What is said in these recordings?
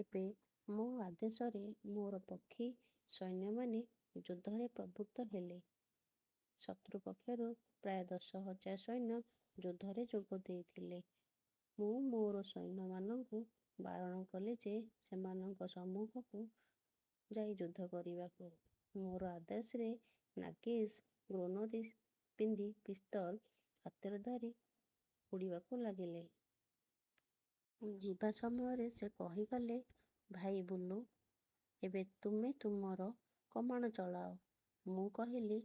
ଏବେ ମୋ ଆଦେଶରେ ମୋର ପକ୍ଷୀ ସୈନ୍ୟମାନେ ଯୁଦ୍ଧରେ ପ୍ରବୃତ୍ତ ହେଲେ। ଶତ୍ରୁପକ୍ଷରୁ ପ୍ରାୟ ଦଶ ହଜାର ସୈନ୍ୟ ଯୁଦ୍ଧରେ ଯୋଗ ଦେଇଥିଲେ। ମୁଁ ମୋର ସୈନ୍ୟମାନଙ୍କୁ ବାରଣ କଲି ସେମାନଙ୍କ ସମ୍ମୁଖକୁ ଯାଇ ଯୁଦ୍ଧ କରିବାକୁ। ମୋର ଆଦେଶରେ ନାସିଗ୍ ଗ୍ରୌନଦି ପିନ୍ଧି ପିସ୍ତଲ ହାତରେ ଧରି ଉଡ଼ିବାକୁ ଲାଗିଲେ। ଯିବା ସମୟରେ ସେ କହିଗଲେ, ଭାଇ ବୁଲୁ! ଏବେ ତୁମେ ତୁମର କମାଣ ଚଳାଅ। ମୁଁ କହିଲି,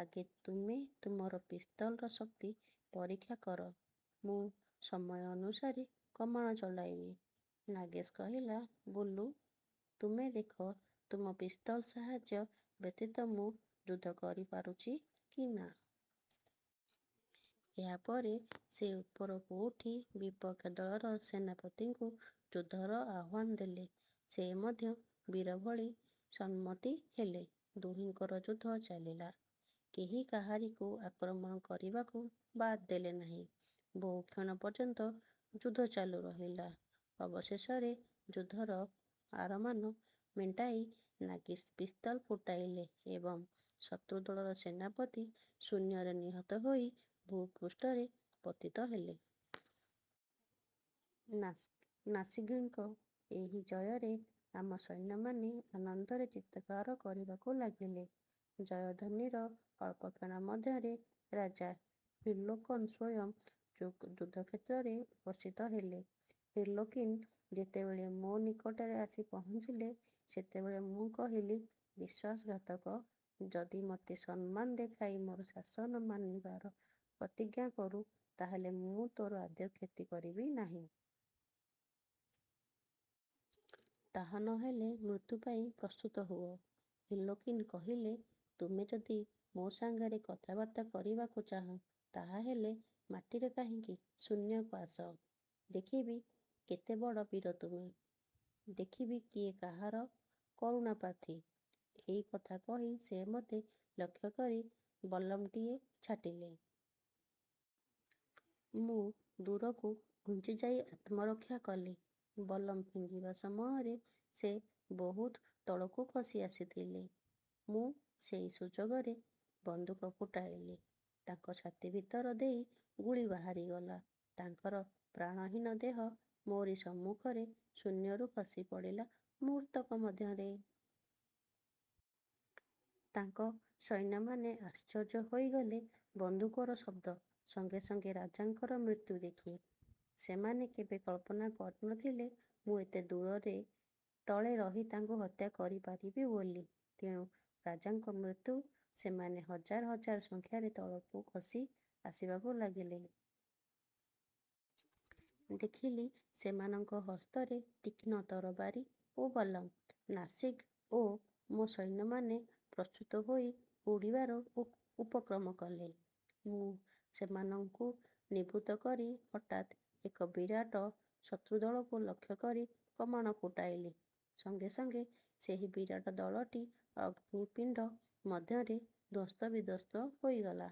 ଆଗେ ତୁମେ ତୁମର ପିସ୍ତଲର ଶକ୍ତି ପରୀକ୍ଷା କର। ମୁଁ ସମୟାନୁସାରେ କମାଣ ଚଳାଇବି। ନାସିଗ୍ କହିଲେ-ବୁଲୁ ତୁମେ ଦେଖ ତୁମ ପିସ୍ତଲ ସାହାଯ୍ୟ ବ୍ୟତୀତ ମୁଁ ଯୁଦ୍ଧ କରିପାରୁଛି କି ନା? ଏହାପରେ ସେ ଉପରକୁ ଉଠି ବିପକ୍ଷ ଦଳର ସେନାପତିଙ୍କୁ ଯୁଦ୍ଧର ଆହ୍ୱାନ ଦେଲେ। ସେ ମଧ୍ୟ ବୀରଭଳି ସମ୍ମତି ହେଲେ। ଦୁହିଁଙ୍କର ଯୁଦ୍ଧ ଚାଲିଲା। କେହି କାହାରିକୁ ଆକ୍ରମଣ କରିବାକୁ ବାଦ ଦେଲେ ନାହିଁ। ବହୁକ୍ଷଣ ପର୍ଯ୍ୟନ୍ତ ଯୁଦ୍ଧ ଚାଲୁ ରହିଲା। ଅବଶେଷରେ ଯୁଦ୍ଧର ଅରମାନ ମେଣ୍ଟାଇ ନାସିଗ୍ ପିସ୍ତଲ ପୁଟାଇଲେ ଏବଂ ଶତ୍ରୁଦଳର ସେନାପତି ଶୂନ୍ୟରେ ନିହତ ହୋଇ ଭୂପୃଷ୍ଠରେ ପତିତ ହେଲେ। ନାସିଗ୍ଙ୍କ ଏହି ଜୟରେ ଆମ ସୈନ୍ୟମାନେ ଆନନ୍ଦରେ ଚିତ୍କାର କରିବାକୁ ଲାଗିଲେ। ଜୟଧ୍ୱନିର ଅଳ୍ପକ୍ଷଣ ମଧ୍ୟରେ ରାଜା ହାର୍ଲୋକିନ ସ୍ୱୟଂ ଯୁଦ୍ଧକ୍ଷେତ୍ରରେ ଉପସ୍ଥିତ ହେଲେ। ହାର୍ଲୋକିନ ଯେତେବେଳେ ମୋ ନିକଟରେ ଆସି ପହଞ୍ଚିଲେ, ସେତେବେଳେ ମୁଁ କହିଲି, ''ବିଶ୍ୱାସଘାତକ! ଯଦି ମୋତେ ସମ୍ମାନ ଦେଖାଇ ମୋର ଶାସନ ମାନିବାର ପ୍ରତିଜ୍ଞା କରୁ ତାହାହେଲେ ମୁଁ ତୋର ଆଦୌ କ୍ଷତି କରିବି ନାହିଁ। ତାହା ନ ହେଲେ ମୃତ୍ୟୁପାଇଁ ପ୍ରସ୍ତୁତ ହୁଅ। '' ହାର୍ଲୋକିନ କହିଲେ, ''ତୁମେ ଯଦି ମୋ ସଙ୍ଗରେ କଥାବାର୍ତ୍ତା କରିବାକୁ ଚାହଁ, ତାହାହେଲେ ମାଟିରେ କାହିଁକି, ଶୂନ୍ୟକୁ ଆସ। ଦେଖିବି କେତେ ବଡ଼ ବୀର ତୁମେ। ଦେଖିବି କିଏ କାହାର କରୁଣାପ୍ରାର୍ଥୀ। '' ଏଇ କଥା କହି ସେ ମୋତେ ଲକ୍ଷ୍ୟ କରି ବଲ୍ଲମଟିଏ ଛାଟିଲେ। ମୁଁ ଦୂରକୁ ଘୁଞ୍ଚିଯାଇ ଆତ୍ମରକ୍ଷା କଲି। ବଲ୍ଲମ ଫିଙ୍ଗିବା ସମୟରେ ସେ ବହୁତ ତଳକୁ ଖସି ଆସିଥିଲେ। ମୁଁ ସେଇ ସୁଯୋଗରେ ବନ୍ଧୁକ ଫୁଟାଇଲି। ତାଙ୍କ ଛାତି ଭିତର ଦେଇ ଗୁଳି ବାହାରିଗଲା। ତାଙ୍କର ପ୍ରାଣହୀନ ଦେହ ମୋରି ସମ୍ମୁଖରେ ଶୂନ୍ୟରୁ ଖସିପଡ଼ିଲା ମୁହୂର୍ତ୍ତକ ମଧ୍ୟରେ। ତାଙ୍କ ସୈନ୍ୟମାନେ ଆଶ୍ଚର୍ଯ୍ୟ ହୋଇଗଲେ ବନ୍ଧୁକର ଶବ୍ଦ ସଙ୍ଗେ ସଙ୍ଗେ ରଜାଙ୍କର ମୃତ୍ୟୁ ଦେଖି। ସେମାନେ କେବେ କଳ୍ପନା କରିନଥିଲେ ମୁଁ ଏତେ ଦୂରରେ ତଳେ ରହି ତାଙ୍କୁ ହତ୍ୟା କରିପାରିବି ବୋଲି। ତେଣୁ ରଜାଙ୍କ ମୃତ୍ୟୁ ସେମାନେ ହଜାର ହଜାର ସଂଖ୍ୟାରେ ତଳକୁ ଖସି ଆସିବାକୁ ଲାଗିଲେ। ଦେଖିଲି ସେମାନଙ୍କ ହସ୍ତରେ ତୀକ୍ଷ୍ଣ ତରବାରୀ ଓ ବଲ୍ଲମ। ନାସିଗ୍ ଓ ମୋ ସୈନ୍ୟମାନେ ପ୍ରସ୍ତୁତ ହୋଇ ଉଡ଼ିବାର ଉପକ୍ରମ କଲେ। ମୁଁ ସେମାନଙ୍କୁ ନିବୃତ୍ତ କରି ହଠାତ୍ ଏକ ବିରାଟ ଶତ୍ରୁଦଳକୁ ଲକ୍ଷ୍ୟ କରି କମାଣ ଫୁଟାଇଲି। ସଙ୍ଗେ ସଙ୍ଗେ ସେହି ବିରାଟ ଦଳଟି ଅଗ୍ନି ପିଣ୍ଡ ମଧ୍ୟରେ ଧ୍ୱସ୍ତବିଧ୍ୱସ୍ତ ହୋଇଗଲେ।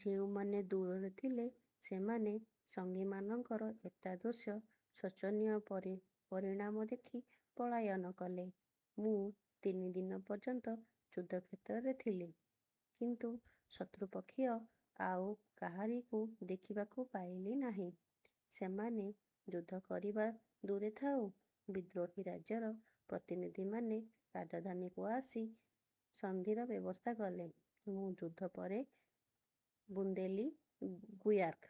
ଯେଉଁମାନେ ଦୂରରେ ଥିଲେ ସେମାନେ ସଙ୍ଗୀମାନଙ୍କର ଏତାଦୃଶ ଶୋଚନୀୟ ପରିଣାମ ଦେଖି ପଳାୟନ କଲେ। ମୁଁ ତିନିଦିନ ପର୍ଯ୍ୟନ୍ତ ଯୁଦ୍ଧକ୍ଷେତ୍ରରେ ଥିଲି, କିନ୍ତୁ ଶତ୍ରୁପକ୍ଷୀୟ ଆଉ କାହାରିକୁ ଦେଖିବାକୁ ପାଇଲି ନାହିଁ। ସେମାନେ ଯୁଦ୍ଧ କରିବା ଦୂରେ ଥାଉ; ବିଦ୍ରୋହୀ ରାଜ୍ୟର ପ୍ରତିନିଧିମାନେ ରାଜଧାନୀକୁ ଆସି ସନ୍ଧିର ବ୍ୟବସ୍ଥା କଲେ। ମୁଁ ଯୁଦ୍ଧ ପରେ ବ୍ରନ୍ଦେଲିଗୁୟାର୍କ